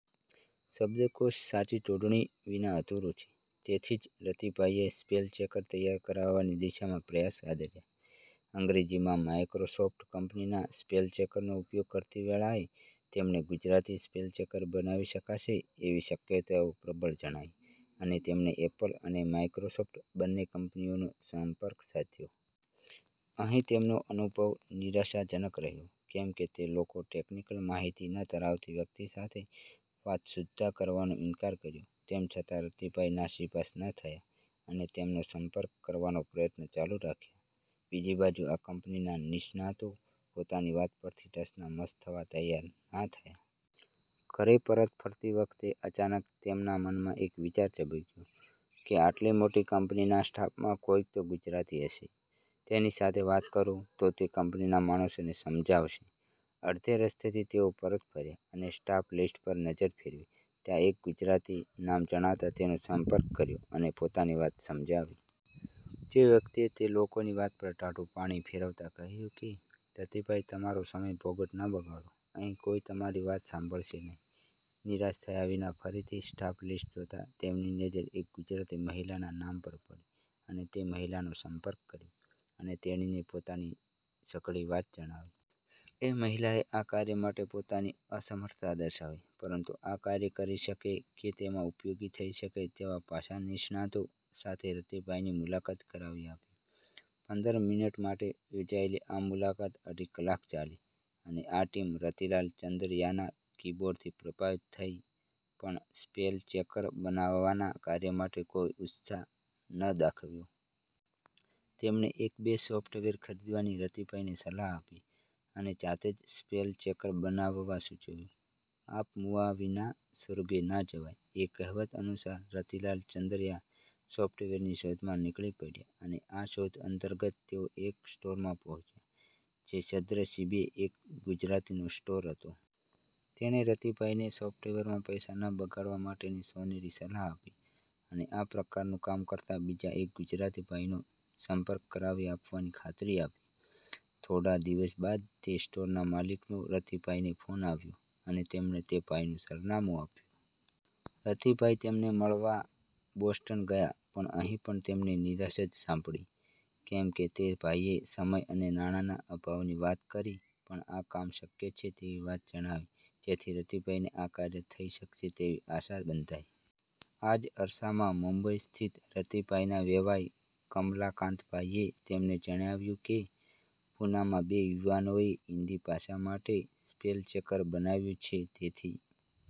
શબ્દકોશ સાચી જોડણી વિના અધૂરો છે તેથી જ રતિભાઈએ સ્પેલચેકર તૈયાર કરાવવાની દિશામાં પ્રયાસ આદર્યા. અંગ્રેજીમાં માઇક્રોસોફ્ટ કંપનીના સ્પેલચેકરનો ઉપયોગ કરતી વેળાએ તેમને ગુજરાતી સ્પેલચેકર બનાવી શકાશે એવી શક્યતાઓ પ્રબળ જણાઈ અને તેમણે એપલ અને માઇક્રોસોફ્ટ બન્ને કંપનીઓનો સંપર્ક સાધ્યો. અહીં તેમનો અનુભવ નિરાશાજનક રહ્યો કેમકે તે લોકો ટેક્નિકલ માહિતી ન ધરાવતી વ્યક્તિ સાથે વાત સુદ્ધાં કરવાનો ઇન્કાર કર્યો. તેમ છતાં રતિભાઈ નાસીપાસ ન થયા અને તેમનો સંપર્ક કરવાના પ્રયત્નો ચાલુ રાખ્યા. બીજી બાજુ આ કંપનીના નિષ્ણાતો પોતાની વાત પરથી ટસના મસ થવા તૈયાર ના થયા. ઘરે પરત ફરતી વખતે અચાનક તેમના મનમાં એક વિચાર ઝબકયો કે આટલી મોટી કંપનીના સ્ટાફમાં કોઈક તો ગુજરાતી હશે, તેની સાથે વાત કરું તો તે કંપનીના માણસોને સમજાવશે. અડધે રસ્તેથી તેઓ પરત ફર્યા અને સ્ટાફલિસ્ટ પર નજર ફેરવી, ત્યાં એક ગુજરાતી નામ જણાતાં તેનો સંપર્ક કર્યો અને પોતાની વાત સમજાવી. તે વ્યક્તિએ તે લોકોની વાત પર ટાઢું પાણી ફેરવતાં કહ્યું કે, રતિભાઈ તમારો સમય ફોગટ ના બગાડો, અહીં કોઈ તમારી વાત સાંભળશે નહીં. નિરાશ થયા વિના ફરીથી સ્ટાફલિસ્ટ જોતાં તેમની નજર એક ગુજરાતી મહિલાના નામ પર પડી અને તે મહિલાનો સંપર્ક કર્યો અને તેણીને પોતાની સઘળી વાત જણાવી. એ મહિલાએ આ કાર્ય માટે પોતાની અસમર્થતા દર્શાવી પરંતુ આ કાર્ય કરી શકે કે તેમાં ઉપયોગી થઈ શકે તેવા ભાષાનિષ્ણાતો સાથે રતિભાઈની મુલાકાત કરાવી આપી. પંદર મિનિટ માટે યોજાયેલી આ મુલાકાત અઢી કલાક ચાલી અને આ ટીમ રતિલાલ ચંદરયાના કીબોર્ડથી પ્રભાવિત થઈ પણ સ્પેલચેકર બનાવવાના કાર્ય માટે કોઈ ઉત્સાહ ના દાખવ્યો. તેમણે એક બે સોફ્ટવેર ખરીદવાની રતિભાઈને સલાહ આપી અને જાતે જ સ્પેલચેકર બનાવવા સૂચવ્યું. આપ મૂઆ વિના સ્વર્ગે ના જવાય એ કહેવત અનુસાર રતિલાલ ચંદરયા સોફ્ટવેરની શોધમાં નીકળી પડ્યા અને આ શોધ અંતર્ગત તેઓ એક સ્ટોરમાં પહોંચ્યા જે સદ્નસીબે એક ગુજરાતીનો સ્ટોર હતો. તેણે રતિભાઈને સોફ્ટવેરમાં પૈસા ન બગાડવા માટેની સોનેરી સલાહ આપી અને આ પ્રકારનું કામ કરતાં બીજા એક ગુજરાતીભાઈનો સંપર્ક કરાવી આપવાની ખાતરી આપી. થોડા દિવસ બાદ તે સ્ટોરના માલિકનો રતિભાઈને ફોન આવ્યો અને તેમણે તે ભાઈનું સરનામું આપ્યું. રતિભાઈ તેમને મળવા બોસ્ટન ગયા પણ અહીં પણ તેમને નિરાશા જ સાંપડી કેમકે તે ભાઈએ સમય અને નાણાંના અભાવની વાત કરી પણ આ કામ શક્ય છે તેવી વાત જણાવી જેથી રતિભાઈને આ કાર્ય થઈ શકશે તેવી આશા બંધાઈ. આ જ અરસામાં મુંબઈ સ્થિત રતિભાઈના વેવાઈ કમલકાંતભાઈએ તેમને જણાવ્યું કે પૂનામાં બે યુવાનોએ હિન્દી ભાષા માટે સ્પેલચેકર બનાવ્યું છે તેથી